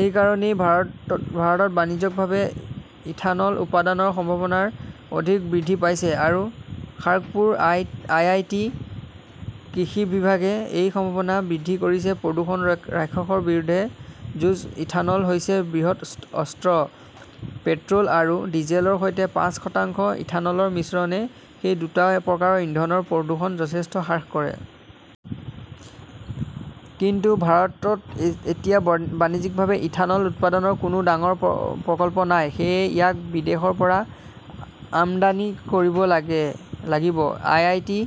এই কাৰণেই ভাৰতত বাণিজ্যিকভাৱে ইথানল উৎপাদনৰ সম্ভাৱনা অধিক বৃদ্ধি পাইছে। আৰু খাৰ্গপুৰ আই. আই. টি. -ৰ কৃষি বিভাগে এই সম্ভাৱনা বৃদ্ধি কৰিছে। প্ৰদূষণ-ৰাক্ষসৰ বিৰুদ্ধে যুঁজত ইথানল হৈছে বৃহৎ অস্ত্ৰ। পেট্ৰ "ল আৰু ডিজেলৰ সৈতে পাঁচ শতাংশ ইথানলৰ মিশ্ৰণে সেই দুটা প্ৰকাৰৰ ইন্ধনৰ প্ৰদূষণ যথেষ্ট হ্ৰাস কৰে। কিন্তু ভাৰতত এতিয়া বাণিজ্যিকভাৱে ইথানল উৎপাদনৰ কোনো ডাঙৰ প্ৰকল্প নাই। সেয়েহে ইয়াক বিদেশৰ পৰা আমদানি কৰিব লাগিব। আই. আই. টি.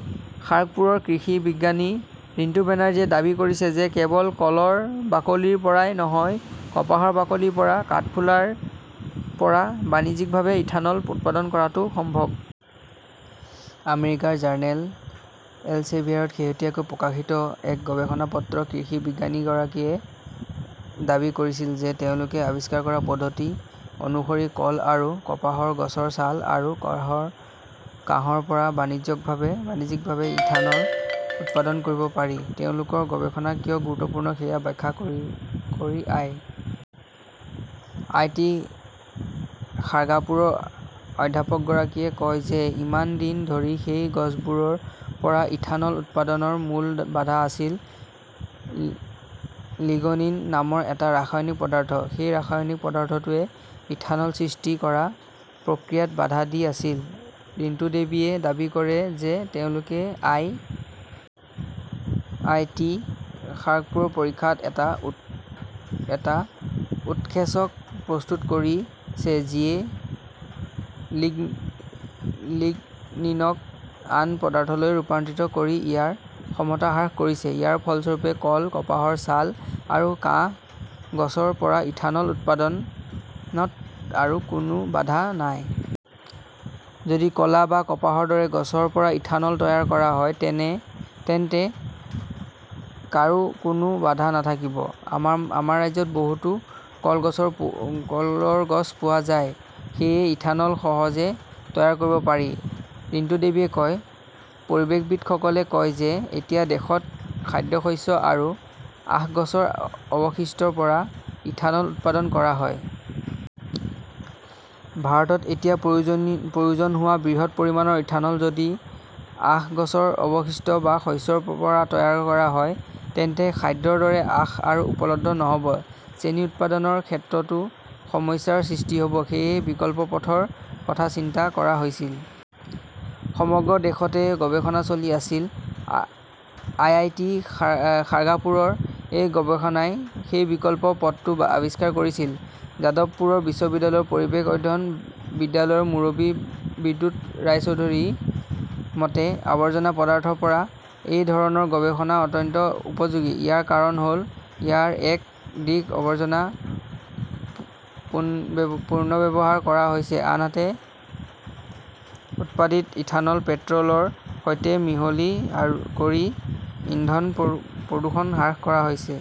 খাৰ্গাপুৰৰ কৃষি বিজ্ঞানী ৰিণ্টু বেনাৰ্জীয়ে দাবী কৰিছে যে কেৱল কলৰ বাকলিৰ পৰাই নহয়, কপাহৰ বাকলি আৰু কাঠফুলাৰ পৰা বাণিজ্যিকভাৱে ইথানল উৎপাদন কৰাটো সম্ভৱ। আমেৰিকাৰ জাৰ্নেল এলচেভিয়াৰত শেহতীয়াকৈ প্ৰকাশিত এক গৱেষণাপত্ৰত কৃষি বিজ্ঞানীগৰাকীয়ে দাবী কৰিছিল যে তেওঁলোকে আৱিষ্কাৰ কৰা পদ্ধতি অনুসৰি কল আৰু কপাহৰ গছৰ ছাল আৰু কাহৰ পৰা বাণিজ্যিকভাৱে ইথানল উৎপাদন কৰিব পাৰি। তেওঁলোকৰ গৱেষণা কিয় গুৰুত্বপূৰ্ণ সেয়া ব্যাখ্যা কৰি আই. আই. টি. খাৰ্গাপুৰৰ অধ্যাপকগৰাকীয়ে কয় যে ইমান দিন ধৰি সেই গছবোৰৰ পৰা ইথানল উৎপাদনৰ মূল বাধা আছিল লিগনিন নামৰ এটা ৰাসায়নিক পদাৰ্থ। সেই ৰাসায়নিক পদাৰ্থটোৱে ইথানল সৃষ্টি কৰা প্ৰতিক্ৰিয়াত বাধা দি আছিল। ৰিণ্টুদেৱীয়ে দাবী কৰে যে তেওঁলোকে আই. আই. টি. খাৰ্গাপুৰৰ পৰীক্ষাগাৰত এটা উৎসেচক প্ৰস্তুত কৰিছে যিয়ে লিগনিনক আন পদাৰ্থলৈ ৰূপান্তৰিত কৰি ইয়াৰ ক্ষমতা হ্ৰাস কৰিছে। ইয়াৰ ফলস্বৰূপে কল, কপাহৰ ছাল আৰু কাহ গছৰ পৰা ইথানল উৎপাদনত আৰু কোনো বাধা নাই। "যদি কলা বা কপাহৰ দৰে গছৰ পৰা ইথানল তৈয়াৰ কৰা হয় তেন্তে কাৰো কোনো বাধা নাথাকিব। আমাৰ ৰাজ্যত বহুতো কলৰ গছ পোৱা যায়। সেয়েহে ইথানল সহজে তৈয়াৰ কৰিব পাৰি ", ৰিন্তুদেৱীয়ে কয়। পৰিৱেশবিদসকলে কয় যে এতিয়া দেশত খাদ্যশস্য আৰু আখ গছৰ অৱশিষ্টৰ পৰা ইথানল উৎপাদন কৰা হয়। ভাৰতত এতিয়া প্ৰয়োজন হোৱা বৃহৎ পৰিমাণৰ ইথানল যদি আখ গছৰ অৱশিষ্ট বা শস্যৰ পৰা তৈয়াৰ কৰা হয়, তেন্তে খাদ্যৰ দৰে আখ আৰু উপলব্ধ নহ 'ব। চেনি উৎপাদনৰ ক্ষেত্ৰতো সমস্যাৰ সৃষ্টি হ "ব। সেয়েহে বিকল্প পথৰ কথা চিন্তা কৰা হৈছিল। সমগ্ৰ দেশতে গৱেষণা চলি আছিল। আইআইটি খাৰ্গাপুৰৰ এই গৱেষণাই সেই বিকল্প পথটো আৱিষ্কাৰ কৰিছিল। যাদৱপুৰ বিশ্ববিদ্যালয়ৰ পৰিৱেশ অধ্যয়ন বিদ্যালয়ৰ মুৰব্বী বিদ্যুৎ ৰায়চৌধুৰীৰ মতে, আৱৰ্জনা পদাৰ্থৰ পৰা এই ধৰণৰ গৱেষণা অত্যন্ত উপযোগী। ইয়াৰ কাৰণ হ "ল, ইয়াৰ এক দিশত আৱৰ্জনা পুনৰ্ব্যৱহাৰ কৰা হৈছে, আনহাতে উৎপাদিত ইথানল পেট্ৰ" লৰ সৈতে মিহলি কৰি ইন্ধনৰ প্ৰদূষণ হ্ৰাস কৰা হৈছে।